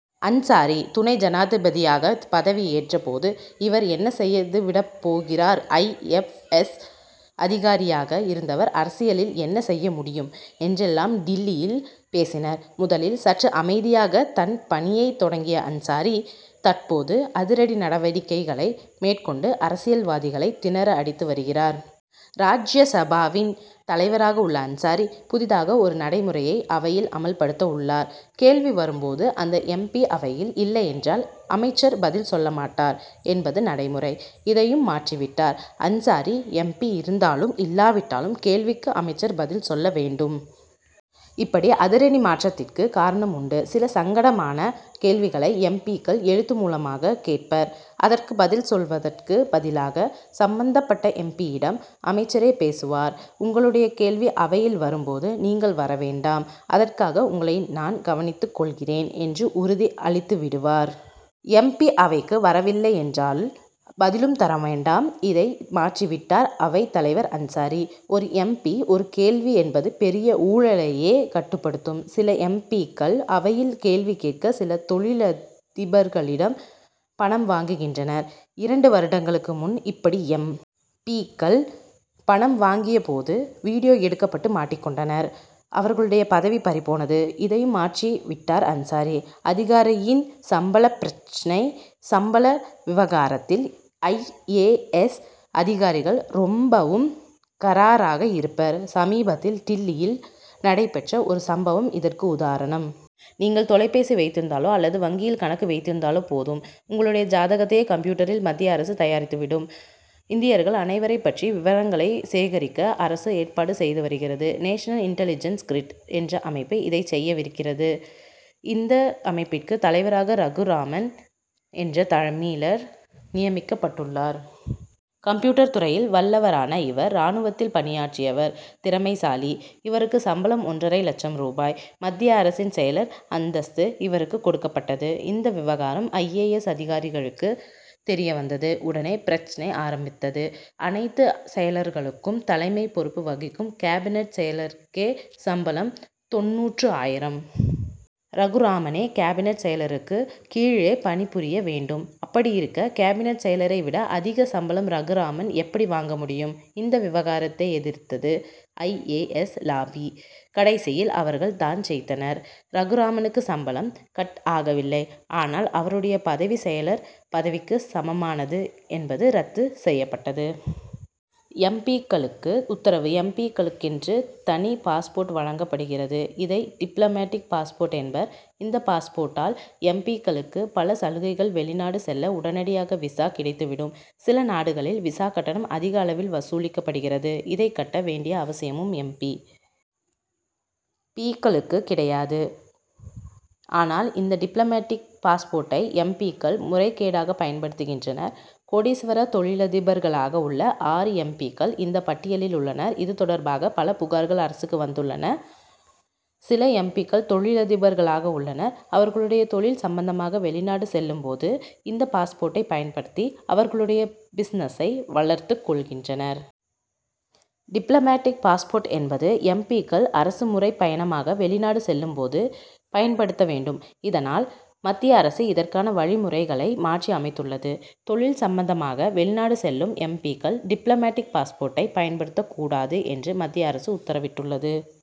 அன்சாரி, துணை ஜனாதிபதியாக பதவியேற்ற போது, 'இவர் என்ன செய்துவிடப் போகிறார்? ஐ. எப். எஸ். அதிகாரியாக இருந்தவர் அரசியலில் என்ன செய்ய முடியும்? ' என்றெல்லாம் டில்லியில் பேசினர். முதலில் சற்று அமைதியாக தன் பணியைத் தொடங்கிய அன்சாரி, தற்போது அதிரடி நடவடிக்கைகளை மேற்கொண்டு அரசியல்வாதிகளை திணற அடித்து வருகிறார். ராஜ்யசபாவின் தலைவராக உள்ள அன்சாரி, புதிதாக ஒரு நடைமுறையை அவையில் அமல்படுத்த உள்ளார். 'கேள்வி வரும் போது அந்த எம். பி., அவையில் இல்லையென்றால் அமைச்சர் பதில் சொல்லமாட்டார்' என்பது நடைமுறை. இதையும் மாற்றிவிட்டார் அன்சாரி. எம். பி., இருந்தாலும் இல்லாவிட்டாலும் கேள்விக்கு அமைச்சர் பதில் சொல்ல வேண்டும். இப்படி அதிரடி மாற்றத்திற்கு காரணம் உண்டு. சில சங்கடமான கேள்விகளை எம். பி.,க்கள் எழுத்து மூலமாக கேட்பர். அதற்குப் பதில் சொல்வதற்கு பதிலாக சம்பந்தப் பட்ட எம். பி.,யிடம் அமைச்சரே பேசுவார். 'உங்களுடைய கேள்வி அவையில் வரும் போது நீங்கள் வர வேண்டாம்; அதற்காக உங்களை நான் கவனித்துக் கொள்கிறேன்' என்று உறுதி அளித்துவிடுவார். எம். பி., அவைக்கு வரவில்லையென்றால், பதிலும் தர வேண்டாம். இதை மாற்றிவிட்டார் அவைத் தலைவர் அன்சாரி. ஒரு எம். பி. ஒரு கேள்வி என்பது பெரிய ஊழலையே கட்டுப்படுத்தும். சில எம். பி.,க்கள் அவையில் கேள்வி கேட்க சில தொழிலதிபர்களிடம் பணம் வாங்குகின்றனர். இரண்டு வருடங்களுக்கு முன் இப்படி எம். பி.,க்கள் பணம் வாங்கிய போது, வீடியோ எடுக்கப்பட்டு மாட்டிக் கொண்டனர். அவர்களுடைய பதவி பறிபோனது. இதையும் மாற்றிவிட்டார் அன்சாரி. அதிகாரியின் சம்பளப் பிரச்னை சம்பள விவகாரத்தில் ஐ. ஏ. எஸ்., அதிகாரிகள் ரொம்பவும் கறாராக இருப்பர். சமீபத்தில், டில்லியில் நடைபெற்ற ஒரு சம்பவம் இதற்கு உதாரணம். நீங்கள் தொலைபேசி வைத்திருந்தாலோ அல்லது வங்கியில் கணக்கு வைத்திருந்தாலோ போதும், உங்களுடைய ஜாதகத்தையே கம்ப்யூட்டரில் மத்திய அரசு தயாரித்துவிடும். இந்தியர்கள் அனைவரைப் பற்றிய விவரங்களை சேகரிக்க அரசு ஏற்பாடு செய்து வருகிறது. 'நேஷனல் இன்டெலிஜென்ஸ் கிரிட்' என்ற அமைப்பு இதைச் செய்யவிருக்கிறது. இந்த அமைப்பிற்கு தலைவராக ரகுராமன் என்ற தமிழர் நியமிக்கப்பட்டுள்ளார். கம்ப்யூட்டர் துறையில் வல்லவரான இவர், ராணுவத்தில் பணியாற்றியவர், திறமைசாலி. இவருக்கு சம்பளம் ஒன்றரை லட்சம் ரூபாய். மத்திய அரசின் செயலர் அந்தஸ்து இவருக்குக் கொடுக்கப்பட்டது. இந்த விவகாரம் ஐ. ஏ. எஸ்., அதிகாரிகளுக்கு தெரியவந்தது. உடனே பிரச்னை ஆரம்பித்தது. அனைத்து செயலர்களுக்கும் தலைமை பொறுப்பு வகிக்கும் கேபினட் செயலருக்கே சம்பளம் தொண்ணூறு ஆயிரம். ரகுராமனே கேபினட் செயலருக்கு கீழே பணிபுரிய வேண்டும். அப்படியிருக்க, கேபினட் செயலரை விட அதிக சம்பளம் ரகுராமன் எப்படி வாங்க முடியும்? இந்த விவகாரத்தை எதிர்த்தது ஐ. ஏ. S., lobby. கடைசியில் அவர்கள் தான் ஜெயித்தனர். ரகுராமனுக்கு சம்பளம், 'கட்' ஆகவில்லை. ஆனால், அவருடைய பதவி செயலர் பதவிக்கு சமமானது என்பது ரத்து செய்யப்பட்டது. எம். பி.,க்களுக்கு உத்தரவு எம். பி.,க்களுக்கென்று தனி பாஸ்போர்ட் வழங்கப்படுகிறது. இதை டிப்ளமேடிக் பாஸ்போர்ட் என்பர். இந்த பாஸ்போர்ட்டால் எம். பி.,க்களுக்கு பல சலுகைகள். வெளிநாடு செல்ல உடனடியாக விசா கிடைத்துவிடும். சில நாடுகளில் விசா கட்டணம் அதிக அளவில் வசூலிக்கப்படுகிறது. இதைக் கட்ட வேண்டிய அவசியமும் எம். பி.,க்களுக்குக் கிடையாது. ஆனால், இந்த டிப்ளமேடிக் பாஸ்போர்ட்டை எம். பி.,க்கள் முறைகேடாக பயன்படுத்துகின்றனர். கோடீஸ்வர தொழிலதிபர்களாக உள்ள ஆறு எம். பி.,க்கள், இந்த பட்டியலில் உள்ளனர். இது தொடர்பாக பல புகார்கள் அரசுக்கு வந்துள்ளன. சில எம். பி.,க்கள் தொழிலதிபர்களாக உள்ளனர். அவர்களுடைய தொழில் சம்பந்தமாக வெளிநாடு செல்லும் போது இந்த பாஸ்போர்ட்டை பயன்படுத்தி அவர்களுடைய பிசினசை வளர்த்துக் கொள்கின்றனர். டிப்ளமேடிக் பாஸ்போர்ட் என்பது எம். பி.,க்கள் அரசு முறைப் பயணமாக வெளிநாடு செல்லும் போது பயன்படுத்த வேண்டும். இதனால், மத்திய அரசு இதற்கான விதிமுறைகளை மாற்றி அமைத்துள்ளது. தொழில் சம்பந்தமாக வெளிநாடு செல்லும் எம். பி.,க்கள் டிப்ளமேடிக் பாஸ்போர்ட்டை பயன்படுத்தக்கூடாது என்று மத்திய அரசு உத்தரவிட்டுள்ளது.